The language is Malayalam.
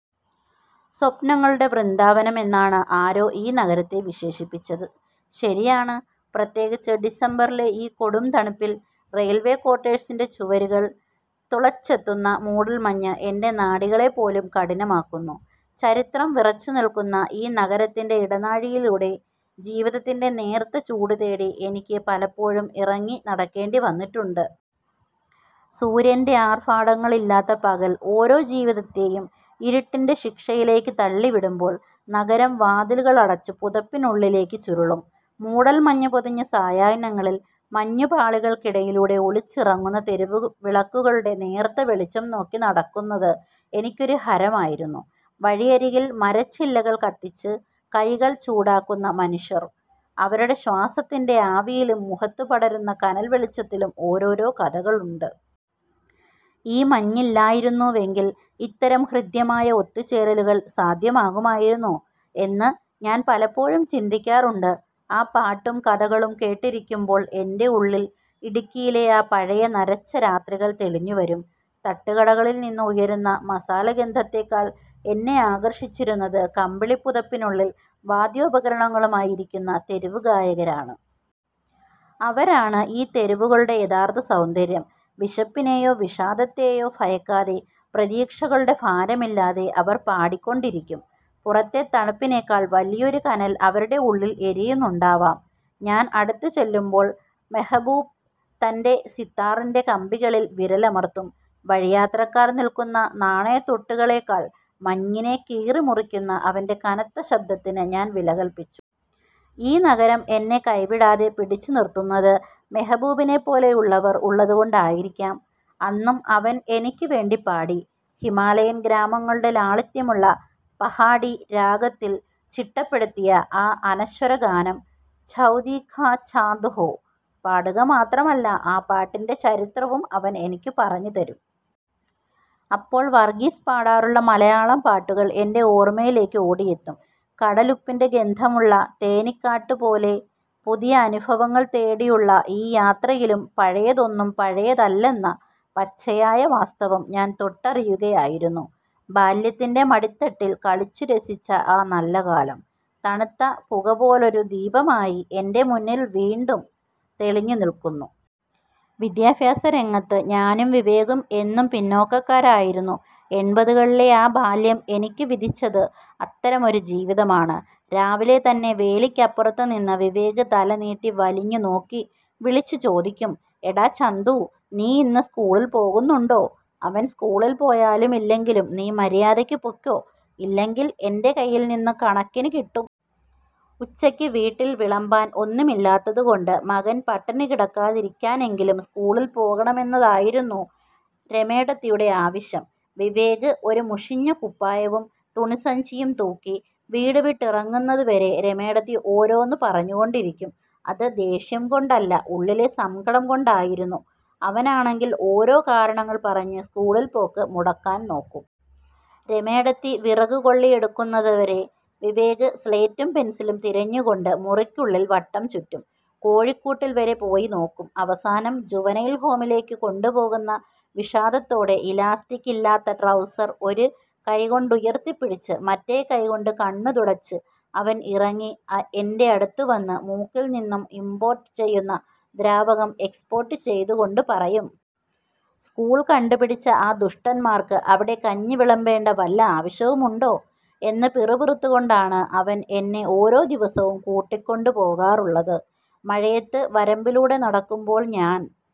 സ്വപ്നങ്ങളുടെ വൃദ്ധാവനം എന്നാണ് ആരോ ഈ നഗരത്തെ വിശേഷിപ്പിച്ചത്. ശരിയാണ്, പ്രത്യേകിച്ച് ഡിസംബറിലെ ഈ കൊടും തണുപ്പിൽ. റെയിൽവേ ക്വാർട്ടേഴ്സിന്റെ ചുവരുകൾ തുളച്ചെത്തുന്ന മൂടൽമഞ്ഞ് എന്റെ നാഡികളെപ്പോലും കഠിനമാക്കുന്നു. ചരിത്രം വിറച്ചുനിൽക്കുന്ന ഈ നഗരത്തിന്റെ ഇടനാഴികളിലൂടെ, ജീവിതത്തിന്റെ നേർത്ത ചൂടുതേടി എനിക്ക് പലപ്പോഴും ഇറങ്ങി നടക്കേണ്ടി വന്നിട്ടുണ്ട്. സൂര്യന്റെ ആർഭാടങ്ങളില്ലാത്ത പകൽ ഓരോ ജീവിതത്തെയും ഇരുട്ടിന്റെ ശിക്ഷയിലേക്ക് തള്ളിവിടുമ്പോൾ, നഗരം വാതിലുകളടച്ച് പുതപ്പിനുള്ളിലേക്ക് ചുരുളും. മൂടൽമഞ്ഞ് പൊതിഞ്ഞ സായാഹ്നങ്ങളിൽ, മഞ്ഞുപാളികൾക്കിടയിലൂടെ ഒളിച്ചിറങ്ങുന്ന തെരുവുവിളക്കുകളുടെ നേർത്ത വെളിച്ചം നോക്കി നടക്കുന്നത് എനിക്കൊരു ഹരമായിരുന്നു. വഴിയരികിൽ മരച്ചില്ലകൾ കത്തിച്ച് കൈകൾ ചൂടാക്കുന്ന മനുഷ്യർ. അവരുടെ ശ്വാസത്തിന്റെ ആവിയിലും, മുഖത്ത് പടരുന്ന കനൽ വെളിച്ചത്തിലും ഓരോരോ കഥകളുണ്ട്. ഈ മഞ്ഞില്ലായിരുന്നുവെങ്കിൽ ഇത്തരം ഹൃദ്യമായ ഒത്തുചേരലുകൾ സാധ്യമാകുമായിരുന്നോ എന്ന് ഞാൻ പലപ്പോഴും ചിന്തിക്കാറുണ്ട്. ആ പാട്ടും കഥകളും കേട്ടിരിക്കുമ്പോൾ എന്റെ ഉള്ളിൽ ഇടുക്കിയിലെ ആ പഴയ നരച്ച രാത്രികൾ തെളിഞ്ഞുവരും. തട്ടുകടകളിൽ നിന്ന് ഉയരുന്ന മസാലഗന്ധത്തേക്കാൾ എന്നെ ആകർഷിച്ചിരുന്നത്, കമ്പിളി പുതപ്പിനുള്ളിൽ വാദ്യോപകരണങ്ങളുമായി ഇരിക്കുന്ന തെരുവുഗായകരാണ്. അവരാണ് ഈ തെരുവുകളുടെ യഥാർത്ഥ സൗന്ദര്യം. വിശപ്പിനെയോ വിഷാദത്തെയോ ഭയക്കാതെ, പ്രതീക്ഷകളുടെ ഭാരമില്ലാതെ അവർ പാടിക്കൊണ്ടിരിക്കും. പുറത്തെ തണുപ്പിനേക്കാൾ വലിയൊരു കനൽ അവരുടെ ഉള്ളിൽ എരിയുന്നുണ്ടാവാം. ഞാൻ അടുത്തുചെല്ലുമ്പോൾ മെഹബൂബ് തന്റെ സിത്താറിന്റെ കമ്പികളിൽ വിരലമർത്തും. വഴിയാത്രക്കാർ നൽകുന്ന നാണയത്തുട്ടുകളേക്കാൾ, മഞ്ഞിനെ കീറിമുറിക്കുന്ന അവന്റെ കനത്ത ശബ്ദത്തിന് ഞാൻ വിലകല്പിച്ചു. ഈ നഗരം എന്നെ കൈവിടാതെ പിടിച്ചുനിർത്തുന്നത് മെഹബൂബിനെപ്പോലെയുള്ളവർ ഉള്ളതുകൊണ്ടായിരിക്കാം. അന്നും അവൻ എനിക്ക് വേണ്ടി പാടി; ഹിമാലയൻ ഗ്രാമങ്ങളുടെ ലാളിത്യമുള്ള പഹാഡി രാഗത്തിൽ ചിട്ടപ്പെടുത്തിയ ആ അനശ്വര ഗാനം "ചൗദ്വീ കാ ചാന്ദ് ഹോ... " പാടുക മാത്രമല്ല, ആ പാട്ടിന്റെ ചരിത്രവും അവൻ എനിക്ക് പറഞ്ഞുതരും. അപ്പോൾ വർഗ്ഗീസ് പാടാറുള്ള മലയാളം പാട്ടുകൾ എന്റെ ഓർമ്മയിലേക്ക് ഓടിയെത്തും, കടലുപ്പിൻ്റെ ഗന്ധമുള്ള തേനിക്കാട്ട് പോലെ. പുതിയ അനുഭവങ്ങൾ തേടിയുള്ള ഈ യാത്രയിലും പഴയതൊന്നും പഴയതല്ലെന്ന പച്ചയായ വാസ്തവം ഞാൻ തൊട്ടറിയുകയായിരുന്നു. ബാല്യത്തിന്റെ മടിത്തട്ടിൽ കളിച്ചുരസിച്ച ആ നല്ലകാലം, തണുത്ത പുകപോലൊരു ദീപമായി എന്റെ മുന്നിൽ വീണ്ടും തെളിഞ്ഞുനിൽക്കുന്നു. വിദ്യാഭ്യാസരംഗത്ത് ഞാനും വിവേകും എന്നും പിന്നോക്കക്കാരായിരുന്നു. എൺപതുകളിലെ ആ ബാല്യം എനിക്ക് വിധിച്ചത് അത്തരമൊരു ജീവിതമാണ്. രാവിലെ തന്നെ വേലിക്കപ്പുറത്തുനിന്ന് വിവേക് തല നീട്ടി വലിഞ്ഞുനോക്കി വിളിച്ചു ചോദിക്കും: "എടാ ചന്തൂ, നീ ഇന്ന് സ്കൂളിൽ പോകുന്നുണ്ടോ? " അവൻ സ്കൂളിൽ പോയാലും ഇല്ലെങ്കിലും "നീ മര്യാദയ്ക്ക് പൊയ്ക്കോ, ഇല്ലെങ്കിൽ എന്റെ കയ്യിൽ നിന്ന് കണക്കിന് കിട്ടും. " ഉച്ചയ്ക്ക് വീട്ടിൽ വിളമ്പാൻ ഒന്നുമില്ലാത്തതുകൊണ്ട്, മകൻ പട്ടിണി കിടക്കാതിരിക്കാനെങ്കിലും സ്കൂളിൽ പോകണമെന്നതായിരുന്നു രമേടത്തിയുടെ ആവശ്യം. വിവേക് ഒരു മുഷിഞ്ഞ കുപ്പായവും തുണിസഞ്ചിയും തൂക്കി വീടുവിട്ടിറങ്ങുന്നതുവരെ രമേടത്തി ഓരോന്ന് പറഞ്ഞുകൊണ്ടിരിക്കും. അത് ദേഷ്യം കൊണ്ടല്ല, ഉള്ളിലെ സങ്കടം കൊണ്ടായിരുന്നു. അവനാണെങ്കിൽ ഓരോ കാരണങ്ങൾ പറഞ്ഞ് സ്കൂളിൽ പോക്ക് മുടക്കാൻ നോക്കും. രമേടത്തി വിറകുകൊള്ളി എടുക്കുന്നത് വരെ വിവേക് സ്ലേറ്റും പെൻസിലും തിരഞ്ഞുകൊണ്ട് മുറിക്കുള്ളിൽ വട്ടം ചുറ്റും. കോഴിക്കൂട്ടിൽ വരെ പോയി നോക്കും. അവസാനം, ജുവനൈൽ ഹോമിലേക്ക് കൊണ്ടുപോകുന്ന വിഷാദത്തോടെ, ഇലാസ്റ്റിക് ഇല്ലാത്ത ട്രൗസർ ഒരു കൈകൊണ്ടുയർത്തിപ്പിടിച്ച്, മറ്റേ കൈകൊണ്ട് കണ്ണ് തുടച്ച് അവൻ ഇറങ്ങി എന്റെ അടുത്ത് വന്ന് മൂക്കിൽ നിന്ന് ഇംപോർട്ട് ചെയ്യുന്ന ദ്രാവകം എക്സ്പോർട്ട് ചെയ്ത്കൊണ്ട് പറയും.. "സ്കൂൾ കണ്ടുപിടിച്ച ആ ദുഷ്ടന്മാർക്ക് അവിടെ കഞ്ഞി വിളമ്പേണ്ട വല്ല ആവശ്യവുമുണ്ടോ? " എന്ന് പിറുപിറുത്തുകൊണ്ടാണ് അവൻ എന്നെ ഓരോ ദിവസവും കൂട്ടിക്കൊണ്ടുപോകാറുള്ളത്. മഴയത്ത് വരമ്പിലൂടെ നടക്കുമ്പോൾ ഞാൻ